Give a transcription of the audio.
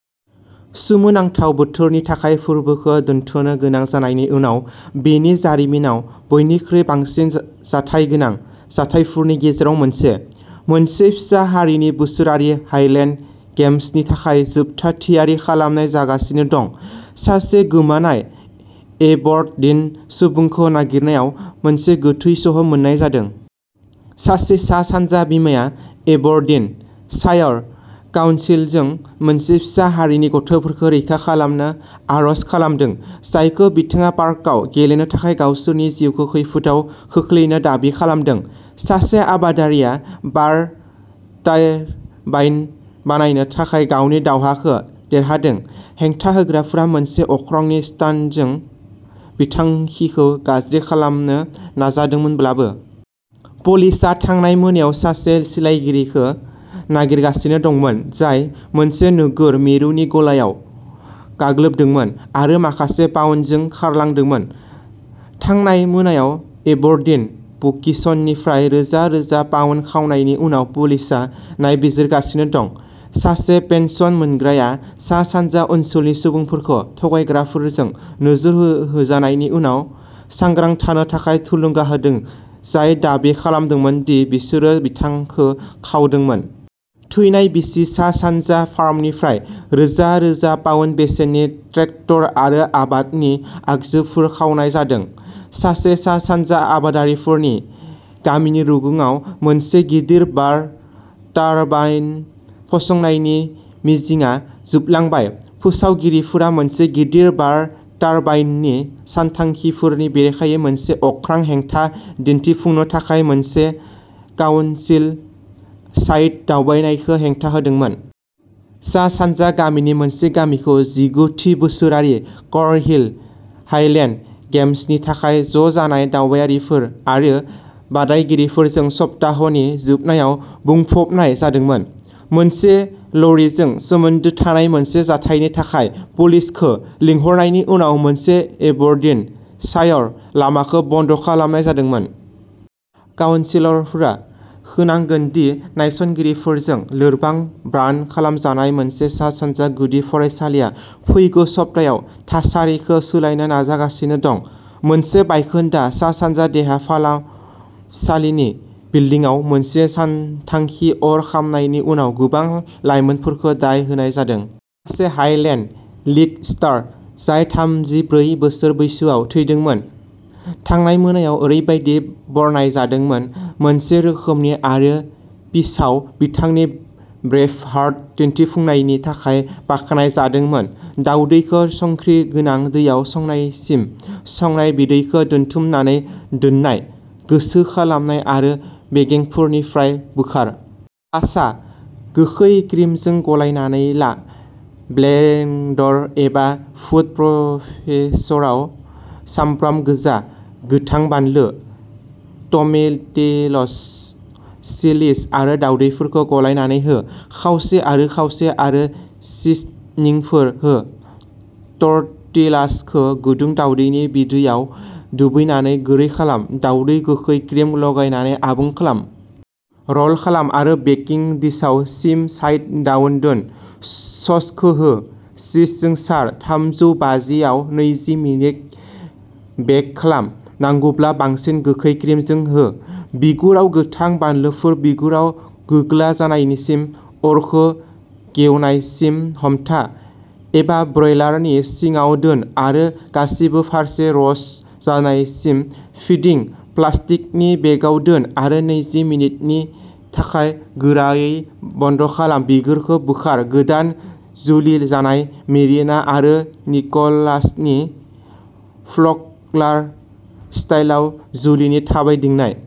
सोमोनांथाव बोथोरनि थाखाय फोरबोखौ दोनथ’नो गोनां जानायनि उनाव बेनि जारिमिनाव बयनिख्रुइ बांसिन जाथायगोनां जाथायफोरनि गेजेराव मोनसे। मोनसे फिसा हारिनि बोसोरारि हाइलेन्ड गेम्सनि थाखाय जोबथा थियारि खालामनाय जागासिनो दं। सासे गोमानाय एबरडीन सुबुंखौ नागिरनायाव मोनसे गोथै सह' मोननाय जादों। सासे सा-सानजा बिमाया एबरडीन शायर काउन्सिलजों मोनसे फिसा हारिनि गथ'फोरखौ रैखा खालामनो आर'ज खालामदों, जायखौ बिथाङा पार्कआव गेलेनो थाखाय गावसोरनि जिउखौ खैफोदआव खोख्लैनो दाबि खालामदों। सासे आबादारिया बार टारबाइन बानायनो थाखाय गावनि दावहाखौ देरहादों हेंथा होग्राफोरा मोनसे अख्रांनि स्टान्टजों बिथांखिखौ गाज्रि खालामनो नाजादोंमोनब्लाबो। पुलिसआ थांनाय मोनायाव सासे सिलायगिरिखौ नागिरगासिनो दंमोन, जाय मोनसे नोगोर मिरुनि गलायाव गाग्लोबदोंमोन आरो माखासे पाउन्दजों खारलांदोंमोन। थांनाय मोनायाव एबरडीन बुकिसनिफ्राय रोजा रोजा पाउन्द खावनायनि उनाव पुलिसआ नायबिजिरगासिनो दं। सासे पेन्सन मोनग्राया सा-सानजा ओनसोलनि सुबुंफोरखौ थगायग्राफोरजों नोजोर होजानायनि उनाव सांग्रां थानो थाखाय थुलुंगा होदों जाय दाबि खालामदोंमोन दि बिसोरो बिथांखौ खावदोंमोन। थैनाय बिसि। सा-सानजा फार्मनिफ्राय रोजा रोजा पाउन्द बेसेननि ट्रेक्टर आरो आबादनि आगजुफोर खावनाय जादों। सासे सा-सानजा आबादारिफोरनि गामिनि रुगुङाव मोनसे गिदिर बार टारबाइन फसंनायनि मिजिंआ जोबलांबाय। फोसावगिरिफोरा मोनसे गिदिर बार टारबाइननि सानथांखिफोरनि बेरेखायै मोनसे अख्रां हेंथा दिन्थिफुंनो थाखाय मोनसे काउनसिल साइट दावबायनायखौ हेंथा होदोंमोन। सा-सानजा गामिनि मोनसे गामिखौ जिगु थि बोसोरारि कर्नहिल हाइलेन्ड गेम्सनि थाखाय ज'जानाय दावबायारिफोर आरो बादायगिरिफोरजों सप्ताहनि जोबनायाव बुंफबनाय जादोंमोन। मोनसे ल'रिजों सोमोन्दो थानाय मोनसे जाथायनि थाखाय पुलिसखौ लिंहरनायनि उनाव मोनसे एबरडिन शायर लामाखौ बन्द खालामनाय जादोंमोन। काउनसिलरफोरा खोनांगोन दि नायसंगिरिफोरजों लोरबां ब्रान्द खालामजानाय मोनसे सा-सानजा गुदि फरायसालिआ फैगौ सप्तायाव थासारिखौ सोलायनो नाजागासिनो दं। मोनसे बायखोन्दा सा-सानजा देहा फाहामसालिनि बिल्दिंआव मोनसे सानथांखि अर खामनायनि उनाव गोबां लाइमोनफोरखौ दाय होनाय जादों। सासे हाइलेन्ड लिग स्टार, जाय थामजिब्रै बोसोर बैसोआव थैदोंमोन थांनाय मोनायाव ओरैबायदि बरनायजादोंमोन। मोनसे रोखोमनि आरो पिचआव बिथांनि ब्रेभहार्ट दिन्थिफुंनायनि थाखाय बाख्नायजादोंमोन। दावदैखौ संख्रि गोनां दैयाव संनायसिम संनाय, बिदैखौ दोन्थुमनानै दोननाय। गुसु खालाम आरो बेगेंफोरनिफ्राय बोखार। पासा। गोखै क्रिमजों गलायनानै ला ब्लेंडर एबा फुद प्रसेसराव सामब्राम गोजा, गोथां बानलु, टमेटिलस, चिलिज आरो दावदैफोरखौ गलायनानै हो। खावसे आरो खावसे आरो सिजनिंफोर हो। टर्टिलासखौ गुदुं दावदैनि बिदैआव दोबैनानै गुरै खालाम। दावदै गोखै क्रिम गलायनायजों आबुं खालाम। र'ल खालाम आरो बेकिंग डिशआव सिम साइड डाउन दोन। ससखौ हो। चीजजों सार थामजौ बाजि आव नैजि मिनिट बेक खालाम। नांगौब्ला बांसिन गोखै क्रिमजों हो। बिगुराव गोथां बानलुफोर बिगुराव गुग्ला जानायसिम अरखौ गेवनायसिम हमथा, एबा ब्रयलारनि सिङाव दोन आरो गासिबो फारसे र'स्ट जानायसिम फिदिं प्लास्टिकनि बेगआव दोन आरो नैजि मिनिटनि थाखाय गोरायै बन्द खालाम बिगुरखौ बोखार गोदान जुलि जानाय मेरिना आरो निकलासनि फल्क'लार स्टाइलआव जुलिनि थाबायथिंनाय।